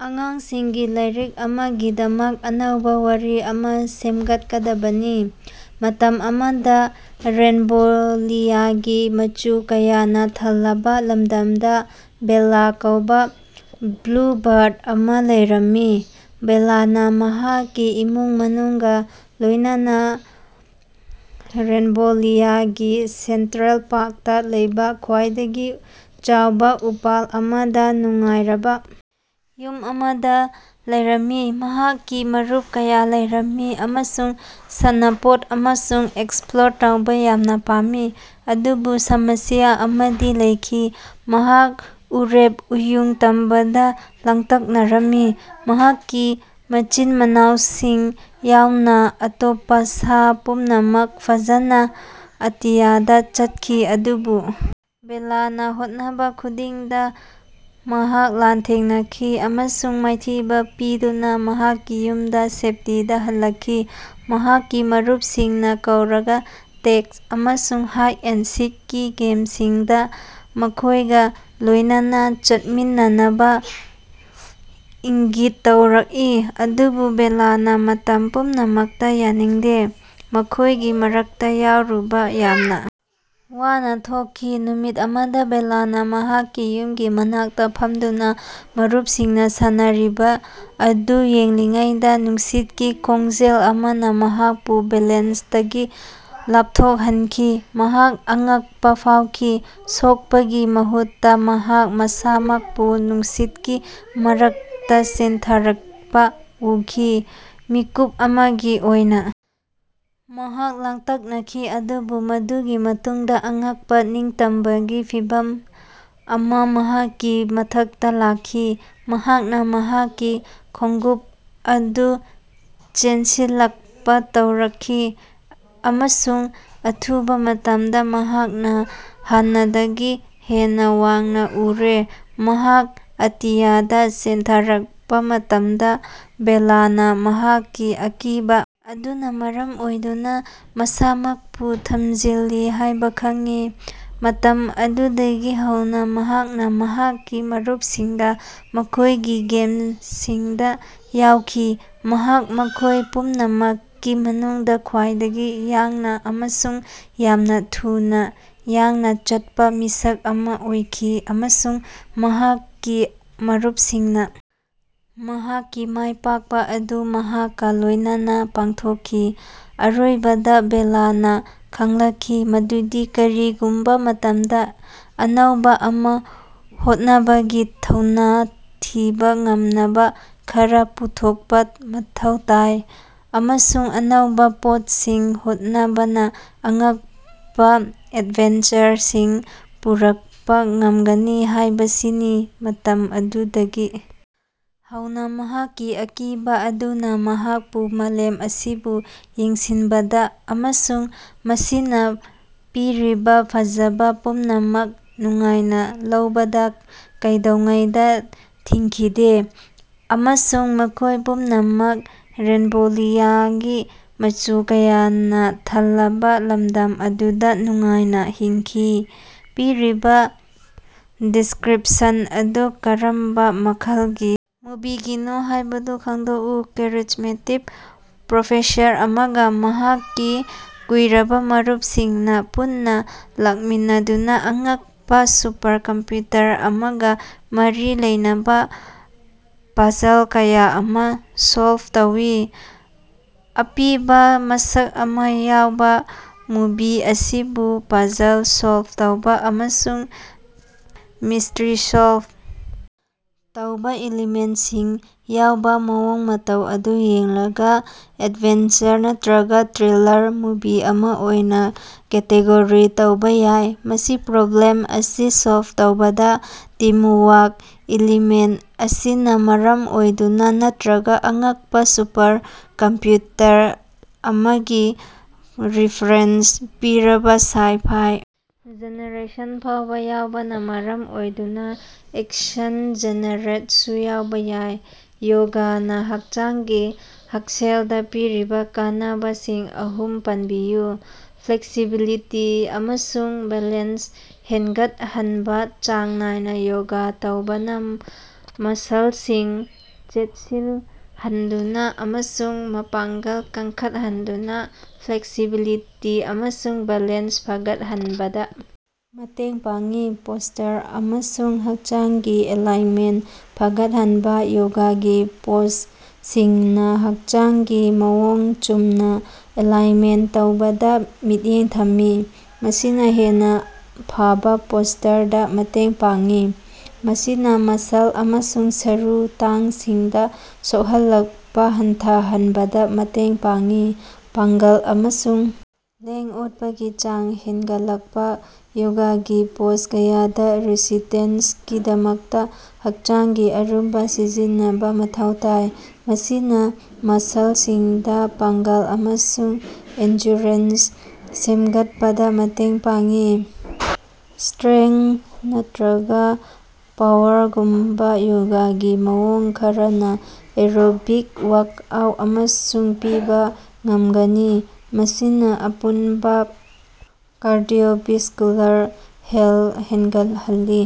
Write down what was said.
ꯑꯉꯥꯡꯁꯤꯡꯒꯤ ꯂꯥꯏꯔꯤꯛ ꯑꯃꯒꯤꯗꯃꯛ ꯑꯅꯧꯕꯥ ꯋꯥꯔꯤ ꯑꯃꯥ ꯁꯦꯝꯒꯠꯀꯗꯕꯅꯤ꯫ ꯃꯇꯝ ꯑꯃꯗꯥ ꯔꯦꯟꯕꯣꯂꯤꯌꯥꯒꯤ ꯃꯆꯨ ꯀꯌꯥꯅꯥ ꯊꯜꯂꯕꯥ ꯂꯝꯗꯝꯗꯥ ꯕꯦꯜꯂꯥ ꯀꯧꯕꯥ ꯕ꯭ꯂꯨꯕꯔꯗ ꯑꯃꯥ ꯂꯩꯔꯝꯃꯤ꯫ ꯕꯦꯜꯂꯥꯅꯥ ꯃꯍꯥꯛꯀꯤ ꯏꯃꯨꯡ ꯃꯅꯨꯡꯒꯥ ꯂꯣꯏꯅꯅꯥ ꯔꯦꯟꯕꯣꯂꯤꯌꯥꯒꯤ ꯁꯦꯟꯇ꯭ꯔꯦꯜ ꯄꯥꯛꯇꯥ ꯂꯩꯕꯥ ꯈ꯭ꯋꯥꯏꯗꯒꯤ ꯆꯥꯎꯕꯥ ꯎꯄꯥꯜ ꯑꯃꯗꯥ ꯅꯨꯡꯉꯥꯏꯔꯕꯥ ꯌꯨꯝ ꯑꯃꯗꯥ ꯂꯩꯔꯝꯃꯤ꯫ ꯃꯍꯥꯛꯀꯤ ꯃꯔꯨꯞ ꯀꯌꯥ ꯂꯩꯔꯝꯃꯤ ꯑꯃꯁꯨꯡ ꯁꯥꯟꯅꯄꯣꯠ ꯑꯃꯁꯨꯡ ꯑꯦꯛꯁꯄ꯭ꯂꯣꯔ ꯇꯧꯕꯥ ꯌꯥꯝꯅꯥ ꯄꯥꯝꯃꯤ ꯑꯗꯨꯕꯨ ꯁꯃꯁ꯭ꯌꯥ ꯑꯃꯗꯤ ꯂꯩꯈꯤ꯫ ꯃꯍꯥꯛ ꯎꯔꯦꯞ ꯎꯌꯨꯡ ꯇꯝꯕꯗꯥ ꯂꯥꯡꯇꯛꯅꯔꯝꯃꯤ꯫ ꯃꯍꯥꯛꯀꯤ ꯃꯆꯤꯟ-ꯃꯅꯥꯎꯁꯤꯡ ꯌꯥꯎꯅꯥ ꯑꯇꯣꯞꯄꯥ ꯁꯥ ꯄꯨꯝꯅꯃꯛ ꯐꯖꯅꯥ ꯑꯇꯤꯌꯥꯗꯥ ꯆꯠꯈꯤ ꯑꯗꯨꯕꯨ ꯕꯦꯜꯂꯥꯅꯥ ꯍꯣꯠꯅꯕꯥ ꯈꯨꯗꯤꯡꯗꯥ ꯃꯍꯥꯛ ꯂꯥꯟꯊꯦꯡꯅꯈꯤ ꯑꯃꯁꯨꯡ ꯃꯥꯏꯊꯤꯕꯥ ꯄꯤꯗꯨꯅꯥ ꯃꯍꯥꯛꯀꯤ ꯌꯨꯝꯒꯤ ꯁꯦꯞꯇꯤꯗꯥ ꯍꯜꯂꯛꯈꯤ꯫ ꯃꯍꯥꯛꯀꯤ ꯃꯔꯨꯞꯁꯤꯡꯅꯥ ꯀꯧꯔꯒꯥ ꯇꯦꯛ ꯑꯃꯁꯨꯡ ꯍꯥꯏꯠ-ꯑꯦꯟ-ꯁꯤꯛꯀꯤ ꯒꯦꯝꯁꯤꯡꯗꯥ ꯃꯈꯣꯏꯒꯥ ꯂꯣꯏꯅꯅꯥ ꯆꯠꯃꯤꯟꯅꯅꯕꯥ ꯏꯪꯒꯤꯠ ꯇꯧꯔꯛꯏ ꯑꯗꯨꯕꯨ ꯕꯦꯜꯂꯥꯅꯥ ꯃꯇꯝ ꯄꯨꯝꯅꯃꯛꯇꯥ ꯌꯥꯅꯤꯡꯗꯦ, ꯃꯈꯣꯏꯒꯤ ꯃꯔꯛꯇꯥ ꯌꯥꯎꯔꯨꯕꯥ ꯌꯥꯝꯅꯥ ꯋꯥꯅꯥ ꯊꯣꯛꯈꯤ꯫ ꯅꯨꯃꯤꯠ ꯑꯃꯗꯥ ꯕꯦꯜꯂꯥꯅꯥ ꯃꯍꯥꯛꯀꯤ ꯌꯨꯝꯒꯤ ꯃꯅꯥꯛꯇꯥ ꯐꯝꯗꯨꯅꯥ ꯃꯔꯨꯞꯁꯤꯡꯅꯥ ꯁꯥꯟꯅꯔꯤꯕꯥ ꯑꯗꯨ ꯌꯦꯡꯂꯤꯉꯩꯗꯥ ꯅꯨꯡꯁꯤꯠꯀꯤ ꯈꯣꯡꯖꯦꯜ ꯑꯃꯅꯥ ꯃꯍꯥꯛꯄꯨ ꯕꯦꯂꯦꯟꯁꯇꯒꯤ ꯂꯥꯞꯊꯣꯛꯍꯟꯈꯤ꯫ ꯃꯍꯥꯛ ꯑꯉꯛꯄꯥ ꯐꯥꯎꯈꯤ, ꯁꯣꯛꯄꯒꯤ ꯃꯍꯨꯠꯇꯥ ꯃꯍꯥꯛ ꯃꯁꯥꯃꯛꯄꯨ ꯅꯨꯡꯁꯤꯠꯀꯤ ꯃꯔꯛꯇꯥ ꯆꯦꯟꯊꯔꯛꯄꯥ ꯎꯈꯤ꯫ ꯃꯤꯀꯨꯞ ꯑꯃꯒꯤ ꯑꯣꯏꯅꯥ ꯃꯍꯥꯛ ꯂꯥꯡꯇꯛꯅꯈꯤ, ꯑꯗꯨꯕꯨ ꯃꯗꯨꯒꯤ ꯃꯇꯨꯡꯗꯥ ꯑꯉꯛꯄꯥ ꯅꯤꯡꯇꯝꯕꯒꯤ ꯐꯤꯚꯝ ꯑꯃꯥ ꯃꯍꯥꯛꯀꯤ ꯃꯊꯛꯇꯥ ꯂꯥꯛꯈꯤ꯫ ꯃꯍꯥꯛꯅꯥ ꯃꯍꯥꯛꯀꯤ ꯈꯣꯡꯎꯞ ꯑꯗꯨ ꯆꯦꯟꯁꯤꯜꯂꯛꯄꯥ ꯍꯧꯔꯛꯈꯤ ꯑꯃꯁꯨꯡ ꯑꯊꯨꯕꯥ ꯃꯇꯝꯗꯥ ꯃꯍꯥꯛꯅꯥ ꯍꯥꯟꯅꯗꯒꯤ ꯍꯦꯟꯅꯥ ꯋꯥꯡꯅꯥ ꯎꯔꯦ꯫ ꯃꯍꯥꯛ ꯑꯇꯤꯌꯥꯗꯥ ꯆꯦꯟꯊꯔꯛꯄꯥ ꯃꯇꯝꯗꯥ ꯕꯦꯜꯂꯥꯅꯥ ꯃꯍꯥꯛꯀꯤ ꯑꯀꯤꯕꯥ ꯑꯗꯨꯅꯥ ꯃꯔꯝ ꯑꯣꯏꯗꯨꯅꯥ ꯃꯁꯥꯃꯛꯄꯨ ꯊꯝꯖꯤꯜꯂꯤ ꯍꯥꯏꯕꯥ ꯈꯪꯈꯤ꯫ ꯃꯇꯝ ꯑꯗꯨꯗꯒꯤ ꯍꯧꯅꯥ ꯃꯍꯥꯛꯅꯥ ꯃꯍꯥꯛꯀꯤ ꯃꯔꯨꯞꯁꯤꯡꯒꯥ ꯃꯈꯣꯏꯒꯤ ꯒꯦꯝꯁꯤꯡꯗꯥ ꯌꯥꯎꯈꯤ꯫ ꯃꯍꯥꯛ ꯃꯈꯣꯏ ꯄꯨꯝꯅꯃꯛꯀꯤ ꯃꯅꯨꯡꯗꯥ ꯈ꯭ꯋꯥꯏꯗꯒꯤ ꯌꯥꯡꯅꯥ ꯑꯃꯁꯨꯡ ꯌꯥꯝꯅꯥ ꯊꯨꯅꯥ ꯌꯥꯡꯅꯥ ꯆꯠꯄꯥ ꯃꯤꯁꯛ ꯑꯃꯥ ꯑꯣꯏꯈꯤ ꯑꯃꯁꯨꯡ ꯃꯍꯥꯛꯀꯤ ꯃꯔꯨꯞꯁꯤꯡꯅꯥ ꯃꯍꯥꯛꯀꯤ ꯃꯥꯏꯄꯥꯛꯄꯥ ꯑꯗꯨ ꯃꯍꯥꯛꯀꯥ ꯂꯣꯏꯅꯅꯥ ꯄꯥꯡꯊꯣꯛꯈꯤ꯫ ꯑꯔꯣꯏꯕꯗꯥ ꯕꯦꯜꯂꯥꯅꯥ ꯈꯪꯂꯛꯈꯤ ꯃꯗꯨꯗꯤ ꯀꯔꯤꯒꯨꯝꯕꯥ ꯃꯇꯝꯗꯥ ꯑꯅꯧꯕꯥ ꯑꯃꯥ ꯍꯣꯠꯅꯕꯒꯤ ꯊꯧꯅꯥ ꯊꯤꯕꯥ ꯉꯝꯅꯕꯥ ꯈꯔꯥ ꯄꯨꯊꯣꯛꯄꯥ ꯃꯊꯧ ꯇꯥꯏ꯫ ꯑꯃꯁꯨꯡ ꯑꯅꯧꯕꯥ ꯄꯣꯠꯁꯤꯡ ꯍꯣꯠꯅꯕꯅꯥ ꯑꯉꯛꯄꯥ ꯑꯦꯗꯚꯦꯟꯆꯔꯁꯤꯡ ꯄꯨꯔꯛꯄꯥ ꯉꯝꯒꯅꯤ ꯍꯥꯏꯕꯁꯤꯅꯤ꯫ ꯃꯇꯝ ꯑꯗꯨꯗꯒꯤ ꯍꯧꯅꯥ ꯃꯍꯥꯛꯀꯤ ꯑꯀꯤꯕꯥ ꯑꯗꯨꯅꯥ ꯃꯍꯥꯛꯄꯨ ꯃꯥꯂꯦꯝ ꯑꯁꯤꯕꯨ ꯌꯦꯡꯁꯤꯟꯕꯗꯥ ꯑꯃꯁꯨꯡ ꯃꯁꯤꯅꯥ ꯄꯤꯔꯤꯕꯥ ꯐꯖꯕꯥ ꯄꯨꯝꯅꯃꯛ ꯅꯨꯡꯉꯥꯏꯅꯥ ꯂꯧꯕꯗꯥ ꯀꯩꯗꯧꯉꯩꯗꯥ ꯊꯤꯡꯈꯤꯗꯦ꯫ ꯑꯃꯁꯨꯡ ꯃꯈꯣꯏ ꯄꯨꯝꯅꯃꯛ ꯔꯦꯟꯕꯣꯂꯤꯌꯥꯒꯤ ꯃꯆꯨ ꯀꯌꯥꯅꯥ ꯊꯜꯂꯕꯥ ꯂꯝꯗꯝ ꯑꯗꯨꯗꯥ ꯅꯨꯡꯉꯥꯏꯅꯥ ꯍꯤꯡꯈꯤ꯫ ꯄꯤꯔꯤꯕꯥ ꯗꯤꯁꯀ꯭ꯔꯤꯄꯁꯟ ꯑꯗꯨ ꯀꯔꯝꯕꯥ ꯃꯈꯜꯒꯤ ꯃꯨꯚꯤꯒꯤꯅꯣ ꯍꯥꯏꯕꯗꯨ ꯈꯪꯗꯣꯛꯎ꯫ ꯀꯦꯔꯤꯖꯃꯦꯇꯤꯛ ꯄ꯭ꯔꯣꯐꯦꯁꯔ ꯑꯃꯒꯥ ꯃꯍꯥꯛꯀꯤ ꯀꯨꯏꯔꯕꯥ ꯃꯔꯨꯞꯁꯤꯡꯅꯥ ꯄꯨꯟꯅꯥ ꯂꯥꯛꯃꯤꯟꯅꯗꯨꯅꯥ ꯑꯉꯛꯄꯥ ꯁꯨꯄꯔꯀꯝꯄ꯭ꯌꯨꯇꯔ ꯑꯃꯒꯥ ꯃꯔꯤ ꯂꯩꯅꯕꯥ ꯄꯥꯖꯜ ꯀꯌꯥ ꯑꯃꯥ ꯁꯣꯜꯕ ꯇꯧꯏ꯫ ꯑꯄꯤꯕꯥ ꯃꯁꯛ ꯑꯃꯥ ꯌꯥꯎꯕꯥ ꯃꯨꯚꯤ ꯑꯁꯤꯕꯨ ꯄꯥꯖꯜ ꯁꯣꯜꯕ ꯇꯧꯕꯥ ꯑꯃꯁꯨꯡ ꯃꯤꯁꯇ꯭ꯔꯤ ꯁꯣꯜꯕ ꯇꯧꯕꯥ ꯏꯂꯤꯃꯦꯟꯁꯤꯡ ꯌꯥꯎꯕꯥ ꯃꯑꯣꯡ ꯃꯇꯧ ꯑꯗꯨ ꯌꯦꯡꯂꯒꯥ ꯑꯦꯗꯚꯦꯟꯆꯔ ꯅꯠꯇ꯭ꯔꯒꯥ ꯊ꯭ꯔꯤꯂꯥꯔ ꯃꯨꯚꯤ ꯑꯃꯥ ꯑꯣꯏꯅꯥ ꯀꯦꯇꯦꯒꯣꯔꯤ ꯇꯧꯕꯥ ꯌꯥꯏ꯫ ꯃꯁꯤ ꯄ꯭ꯔꯣꯕ꯭ꯂꯦꯝ ꯑꯁꯤ ꯁꯣꯜꯕ ꯇꯧꯕꯗꯥ ꯇꯤꯝꯋꯥꯛ ꯏꯂꯤꯃꯦꯟ ꯑꯁꯤꯅꯥ ꯃꯔꯝ ꯑꯣꯏꯗꯨꯅꯥ ꯅꯠꯇ꯭ꯔꯒꯥ ꯑꯉꯛꯄꯥ ꯁꯨꯄꯔꯀꯝꯄ꯭ꯌꯨꯇꯔ ꯑꯃꯒꯤ ꯔꯤꯐꯔꯦꯟꯁ ꯄꯤꯔꯕꯥ ꯁꯥꯏ-ꯐꯥꯏ ꯖꯦꯅꯔꯦꯁꯟ ꯐꯥꯎꯕꯥ ꯌꯥꯎꯕꯅꯥ ꯃꯔꯝ ꯑꯣꯏꯗꯨꯅꯥ ꯑꯦꯛꯁꯟ ꯖꯦꯅꯔꯗꯁꯨ ꯌꯥꯎꯕꯥ ꯌꯥꯏ꯫ ꯌꯣꯒꯅꯥ ꯍꯛꯆꯥꯡꯒꯤ ꯍꯛꯁꯦꯜꯗꯥ ꯄꯤꯔꯤꯕꯥ ꯀꯥꯟꯅꯕꯁꯤꯡ ꯑꯍꯨꯝ ꯄꯟꯕꯤꯌꯨ꯫ ꯐ꯭ꯂꯦꯛꯁꯤꯕꯤꯂꯤꯇꯤ ꯑꯃꯁꯨꯡ ꯕꯦꯂꯦꯟꯁ ꯍꯦꯟꯒꯠꯍꯟꯕꯥ ꯆꯥꯡ ꯅꯥꯏꯅꯥ ꯌꯣꯒꯥ ꯇꯧꯕꯅꯥ ꯃꯁꯜꯁꯤꯡ ꯆꯦꯠꯁꯤꯟꯍꯟꯗꯨꯅꯥ ꯑꯃꯁꯨꯡ ꯃꯄꯥꯡꯒꯜ ꯀꯟꯈꯠꯍꯟꯗꯨꯅꯥ ꯐ꯭ꯂꯦꯛꯁꯤꯕꯤꯂꯤꯇꯤ ꯑꯃꯁꯨꯡ ꯕꯦꯂꯦꯟꯁ ꯐꯒꯠꯍꯟꯕꯗꯥ ꯃꯇꯦꯡ ꯄꯥꯡꯏ꯫ ꯄꯣꯁꯇꯔ ꯑꯃꯁꯨꯡ ꯍꯛꯆꯥꯡꯒꯤ ꯑꯦꯂꯥꯏꯟꯃꯦꯟ ꯐꯒꯠꯍꯟꯕꯥ ꯌꯣꯒꯥꯒꯤ ꯄꯣꯖꯁꯤꯡꯅꯥ ꯍꯛꯆꯥꯡꯒꯤ ꯃꯑꯣꯡ ꯆꯨꯝꯅꯥ ꯑꯦꯂꯥꯏꯟꯃꯦꯟ ꯇꯧꯕꯗꯥ ꯃꯤꯠꯌꯦꯡ ꯊꯝꯃꯤ, ꯃꯁꯤꯅꯥ ꯍꯦꯟꯅꯥ ꯐꯕꯥ ꯄꯣꯁꯇꯔꯗꯥ ꯃꯇꯦꯡ ꯄꯥꯡꯏ, ꯃꯁꯤꯅꯥ ꯃꯁꯜ ꯑꯃꯁꯨꯡ ꯁꯔꯨ ꯇꯥꯡꯁꯤꯡꯗꯥ ꯁꯣꯛꯍꯜꯂꯛꯄꯥ ꯍꯟꯊꯍꯟꯕꯗꯥ ꯃꯇꯦꯡ ꯄꯥꯡꯏ꯫ ꯄꯥꯡꯒꯜ ꯑꯃꯁꯨꯡ ꯂꯦꯡ-ꯑꯣꯠꯄꯒꯤ ꯆꯥꯡ ꯍꯦꯟꯒꯠꯂꯛꯄꯥ ꯌꯣꯒꯥꯒꯤ ꯄꯣꯖ ꯀꯌꯥꯗꯥ ꯔꯦꯁꯤꯁꯇꯦꯟꯁꯀꯤꯗꯃꯛꯇꯥ ꯍꯛꯆꯥꯡꯒꯤ ꯑꯔꯨꯝꯕꯥ ꯁꯤꯖꯤꯟꯅꯕꯥ ꯃꯊꯧ ꯇꯥꯏ, ꯃꯁꯤꯅꯥ ꯃꯁꯜꯁꯤꯡꯗꯥ ꯄꯥꯡꯒꯜ ꯑꯃꯁꯨꯡ ꯑꯦꯟꯗꯨꯔꯦꯟꯁ ꯁꯦꯝꯒꯠꯄꯗꯥ ꯃꯇꯦꯡ ꯄꯥꯡꯏ꯫ ꯏꯁꯇ꯭ꯔꯦꯡꯀ ꯅꯠꯇ꯭ꯔꯒꯥ ꯄꯥꯋꯔꯒꯨꯝꯕꯥ ꯌꯣꯒꯒꯤ ꯃꯑꯣꯡ ꯈꯔꯅꯥ ꯑꯦꯔꯣꯕꯤꯛ ꯋꯥꯛꯑꯥꯎꯠ ꯑꯃꯁꯨ ꯄꯤꯕꯥ ꯉꯝꯒꯅꯤ, ꯃꯁꯤꯅꯥ ꯑꯄꯨꯟꯕꯥ ꯀꯥꯔꯗꯤꯑꯣꯚꯥꯁꯀꯨꯂꯥꯔ ꯍꯦꯜꯊ ꯍꯦꯟꯒꯠꯍꯜꯂꯤ꯫